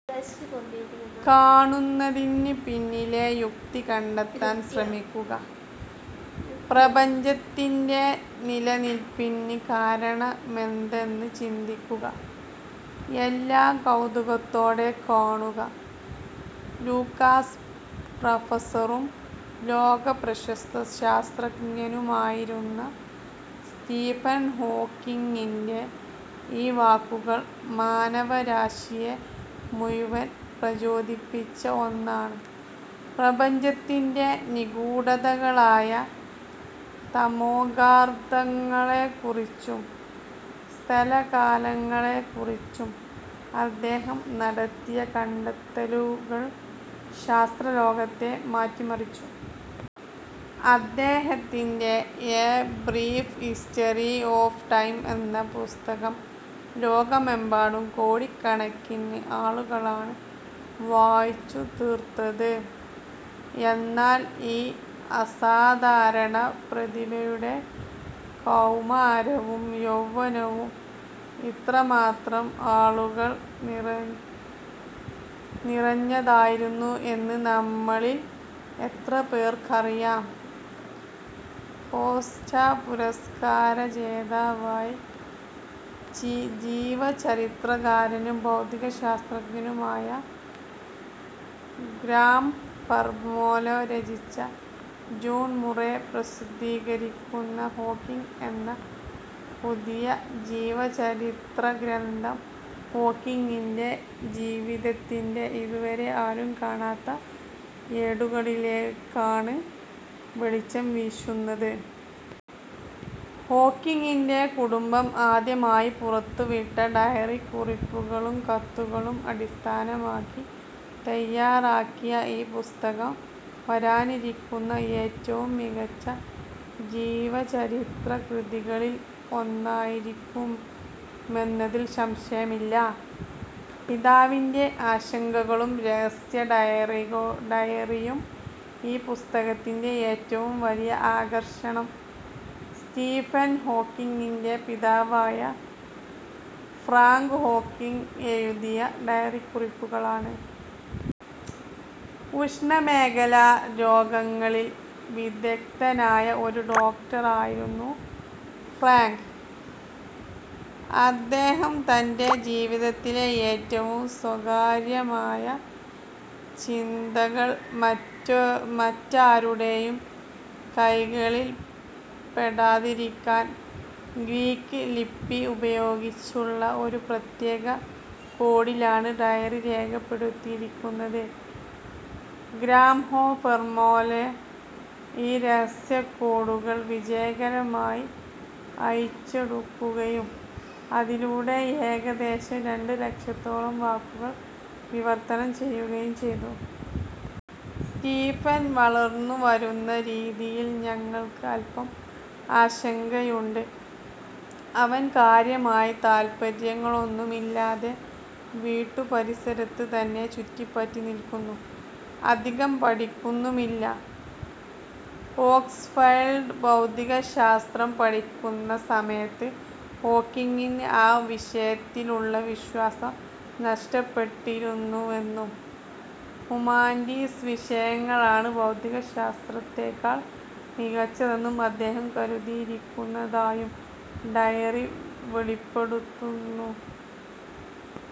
കാണുന്നതിന് പിന്നിലെ യുക്തി കണ്ടെത്താൻ ശ്രമിക്കുക, പ്രപഞ്ചത്തിന്റെ നിലനിൽപ്പിന് കാരണമെന്തെന്ന് ചിന്തിക്കുക. എല്ലാം കൗതുകത്തോടെ കാണുക... ' ലൂക്കാസ് പ്രഫസറും ലോകപ്രശസ്ത ശാസ്ത്രജ്ഞനുമായിരുന്ന സ്റ്റീഫൻ ഹോക്കിങ്ങിന്റെ ഈ വാക്കുകൾ മാനവരാശിയെ മുഴുവൻ പ്രചോദിപ്പിച്ച ഒന്നാണ്. പ്രപഞ്ചത്തിന്റെ നിഗൂഢതകളായ തമോഗർത്തങ്ങളെക്കുറിച്ചും, സ്ഥല-കാലങ്ങളെക്കുറിച്ചും അദ്ദേഹം നടത്തിയ കണ്ടെത്തലുകൾ ശാസ്ത്രലോകത്തെ മാറ്റിമറിച്ചു. അദ്ദേഹത്തിന്റെ 'a brief history of time' എന്ന പുസ്തകം ലോകമെമ്പാടും കോടിക്കണക്കിന് ആളുകളാണ് വായിച്ചുതീർത്തത്. എന്നാൽ, ഈ അസാധാരണ പ്രതിഭയുടെ കൗമാരവും യൗവനവും ഇത്രമാത്രം ആശങ്കകൾ നിറഞ്ഞതായിരുന്നു എന്ന് നമ്മളിൽ എത്രപേർക്കറിയാം? കോസ്റ്റാ പുരസ്കാര ജേതാവായ ജീവചരിത്രകാരനും ഭൗതികശാസ്ത്രജ്ഞനുമായ ഗ്രഹാം ഫാർമെലോ രചിച്ച്, ജോൺ മുറെ പ്രസിദ്ധീകരിക്കുന്ന 'ഹോക്കിങ്' എന്ന പുതിയ ജീവചരിത്ര ഗ്രന്ഥം ഹോക്കിങ്ങിന്റെ ജീവിതത്തിന്റെ ഇതുവരെ ആരും കാണാത്ത ഏടുകളിലേക്കാണ് വെളിച്ചം വീശുന്നത്. ഹോക്കിങ്ങിന്റെ കുടുംബം ആദ്യമായി പുറത്തുവിട്ട ഡയറിക്കുറിപ്പുകളും കത്തുകളും അടിസ്ഥാനമാക്കി തയാറാക്കിയ ഈ പുസ്തകം, വരാനിരിക്കുന്ന ഏറ്റവും മികച്ച ജീവചരിത്ര കൃതികളിൽ ഒന്നായിരിക്കുമെന്നതിൽ സംശയമില്ല. ∙ പിതാവിന്റെ ആശങ്കകളും രഹസ്യ ഡയറിയും ഈ പുസ്തകത്തിന്റെ ഏറ്റവും വലിയ ആകർഷണം സ്റ്റീഫൻ ഹോക്കിങ്ങിന്റെ പിതാവായ ഫ്രാങ്ക് ഹോക്കിങ് എഴുതിയ ഡയറിക്കുറിപ്പുകളാണ്. ഉഷ്ണമേഖലാ രോഗങ്ങളിൽ വിദഗ്ധനായ ഒരു ഡോക്ടറായിരുന്നു ഫ്രാങ്ക്. അദ്ദേഹം തന്റെ ജീവിതത്തിലെ ഏറ്റവും സ്വകാര്യമായ ചിന്തകൾ മറ്റാരുടെയും കൈകളിൽപ്പെടാതിരിക്കാൻ 'ഗ്രീക്ക് ലിപി' ഉപയോഗിച്ചുള്ള ഒരു പ്രത്യേക കോഡിലാണ് ഡയറിയിൽ രേഖപ്പെടുത്തിയിരുന്നത്. ഗ്രഹാം ഫാർമെലോ ഈ രഹസ്യ കോഡുകൾ വിജയകരമായി അഴിച്ചെടുക്കുകയും, അതിലൂടെ ഏകദേശം രണ്ട് ലക്ഷത്തോളം വാക്കുകൾ വിവർത്തനം ചെയ്യുകയും ചെയ്തു. 'സ്റ്റീഫൻ വളർന്നു വരുന്ന രീതിയിൽ ഞങ്ങൾക്ക് അൽപം ആശങ്കയുണ്ട്. അവൻ കാര്യമായ താൽപര്യങ്ങളൊന്നുമില്ലാതെ വീട്ടുപരിസരത്ത് തന്നെ ചുറ്റിപ്പറ്റി നിൽക്കുന്നു, അധികം പഠിക്കുന്നുമില്ല... ' ഓക്സ്ഫഡിൽ ഭൗതികശാസ്ത്രം പഠിക്കുന്ന സമയത്ത് ഹോക്കിങ്ങിന് ആ വിഷയത്തിലുള്ള വിശ്വാസം നഷ്ടപ്പെട്ടിരുന്നുവെന്നും, ഹ്യൂമാനിറ്റീസ് വിഷയങ്ങളാണ് ഭൗതികശാസ്ത്രത്തേക്കാൾ മികച്ചതെന്ന് അദ്ദേഹം കരുതിയിരുന്നതായും ഡയറി വെളിപ്പെടുത്തുന്നു.